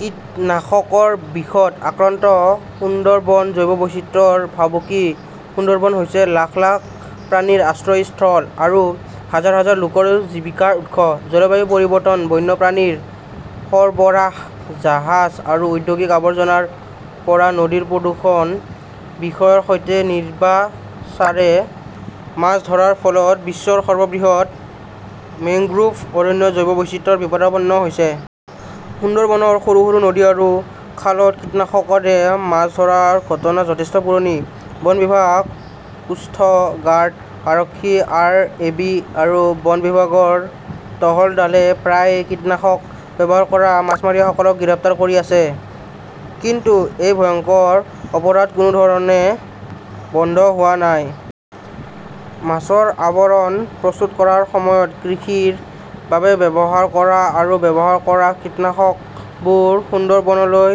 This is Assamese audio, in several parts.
কীটনাশকৰ বিষত আক্ৰান্ত সুন্দৰবন, জৈৱ বৈচিত্ৰ্যৰ ভাবুকি সুন্দৰবন হৈছে লাখ- লাখ প্ৰাণীৰ আশ্ৰয়স্থলী আৰু হাজাৰ- হাজাৰ লোকৰ জীৱিকাৰ উৎস। জলবায়ু পৰিৱৰ্তন, বন্যপ্ৰাণীৰ সৰবৰাহ, জাহাজ আৰু ঔদ্যোগিক আৱৰ্জনাৰ পৰা নদীৰ প্ৰদূষণ, বিষৰ সৈতে নিৰ্বিচাৰে মাছ ধৰাৰ ফলত বিশ্বৰ সৰ্ববৃহৎ মেংগ্ৰোভ অৰণ্যৰ জৈৱ বৈচিত্ৰ্য বিপদাপন্ন হৈছে। সুন্দৰবনৰ সৰু -সৰু নদী আৰু খালত কীটনাশকৰে মাছ ধৰাৰ ঘটনা যথেষ্ট পুৰণি। বন বিভাগ, কোষ্ট গাৰ্ড, আৰক্ষী, আৰএবি আৰু বন বিভাগৰ টহল দলে প্ৰায়ে কীটনাশক ব্যৱহাৰ কৰা মাছমৰীয়াসকলক গ্ৰেপ্তাৰ কৰি আছে। কিন্তু এই ভয়ংকৰ অপৰাধ কোনো ধৰণে বন্ধ হোৱা নাই। মাছৰ আৱৰণ প্ৰস্তুত কৰাৰ সময়ত কৃষিৰ বাবে ব্যৱহাৰ কৰা আৰু ব্যৱহাৰ কৰা কীটনাশকবোৰ সুন্দৰবনলৈ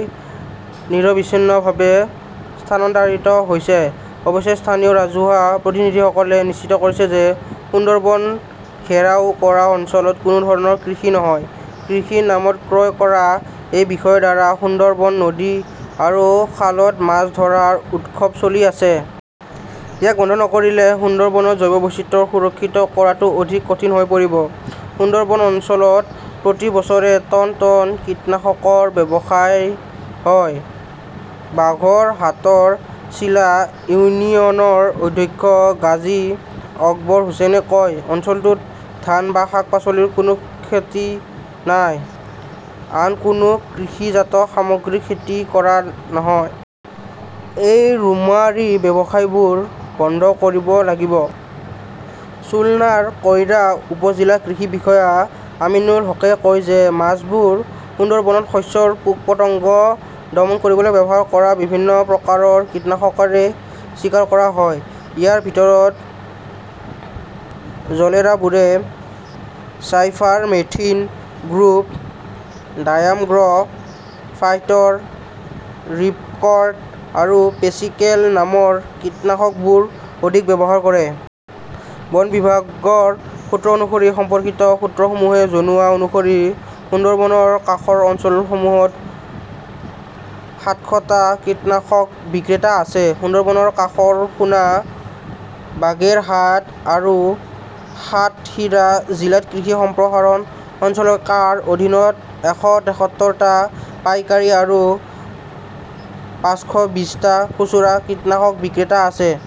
নিৰবিচ্ছিন্নভাৱে স্থানান্তৰিত হৈছে। অৱশ্যে স্থানীয় ৰাজহুৱা প্ৰতিনিধিসকলে নিশ্চিত কৰিছে যে সুন্দৰবন ঘেৰাও কৰা অঞ্চলত কোনো ধৰণৰ কৃষি নহয়। কৃষিৰ নামত ক্ৰয় কৰা এই বিষৰ দ্বাৰা সুন্দৰবনৰ নদী আৰু খালত মাছ ধৰাৰ উৎসৱ চলি আছে। ইয়াক বন্ধ নকৰিলে সুন্দৰবনৰ জৈৱ বৈচিত্ৰ্য সুৰক্ষিত কৰাটো অধিক কঠিন হৈ পৰিব। সুন্দৰবন অঞ্চলত প্ৰতি বছৰে টন -টন কীটনাশকৰ ব্যৱসায় হয়, বাঘৰহাটৰ চিলা ইউনিয়নৰ অধ্যক্ষ গাজী আকবৰ হুচেইনে কয়। অঞ্চলটোত ধান বা শাক-পাচলিৰ কোনো খেতি নাই, আন কোনো কৃষিজাত সামগ্ৰীৰ খেতি কৰা নহয়। এই ৰোমাৰী ব্যৱসায়বোৰ বন্ধ কৰিব লাগিব। চুলনাৰ কইৰা উপ-জিলা কৃষি বিষয়া আমিনুল হকেই কয় যে মাছবোৰ সুন্দৰবনত শস্যৰ পোক-পতংগ দমন কৰিবলৈ ব্যৱহাৰ কৰা বিভিন্ন প্ৰকাৰৰ কীটনাশকৰে চিকাৰ কৰা হয়। ইয়াৰ ভিতৰত, জেলৰাবোৰে চাইফাৰমেথ্ৰিন গ্ৰুপ, ডায়ামগ্ৰ ', ফাইটৰ, ৰিপকৰ্ড আৰু পেচিকেল নামৰ কীটনাশকবোৰ অধিক ব্যৱহাৰ কৰে। বন বিভাগৰ সূত্ৰ অনুসৰি, সম্পৰ্কিত সূত্ৰসমূহে জনোৱা অনুসৰি সুন্দৰবনৰ কাষৰ অঞ্চলসমূহত সাতশ টা কীটনাশক বিক্ৰেতা আছে, সুন্দৰবনৰ কাষৰ খুনা, বাগেৰহাট আৰু সাতখিৰা জিলাত কৃষি সম্প্ৰসাৰণ সঞ্চালকালয়ৰ অধীনত এশ তেসত্তৰ টা পাইকাৰী আৰু পাঁচশবিছটা খুচুৰা কীটনাশক বিক্ৰেতা আছে।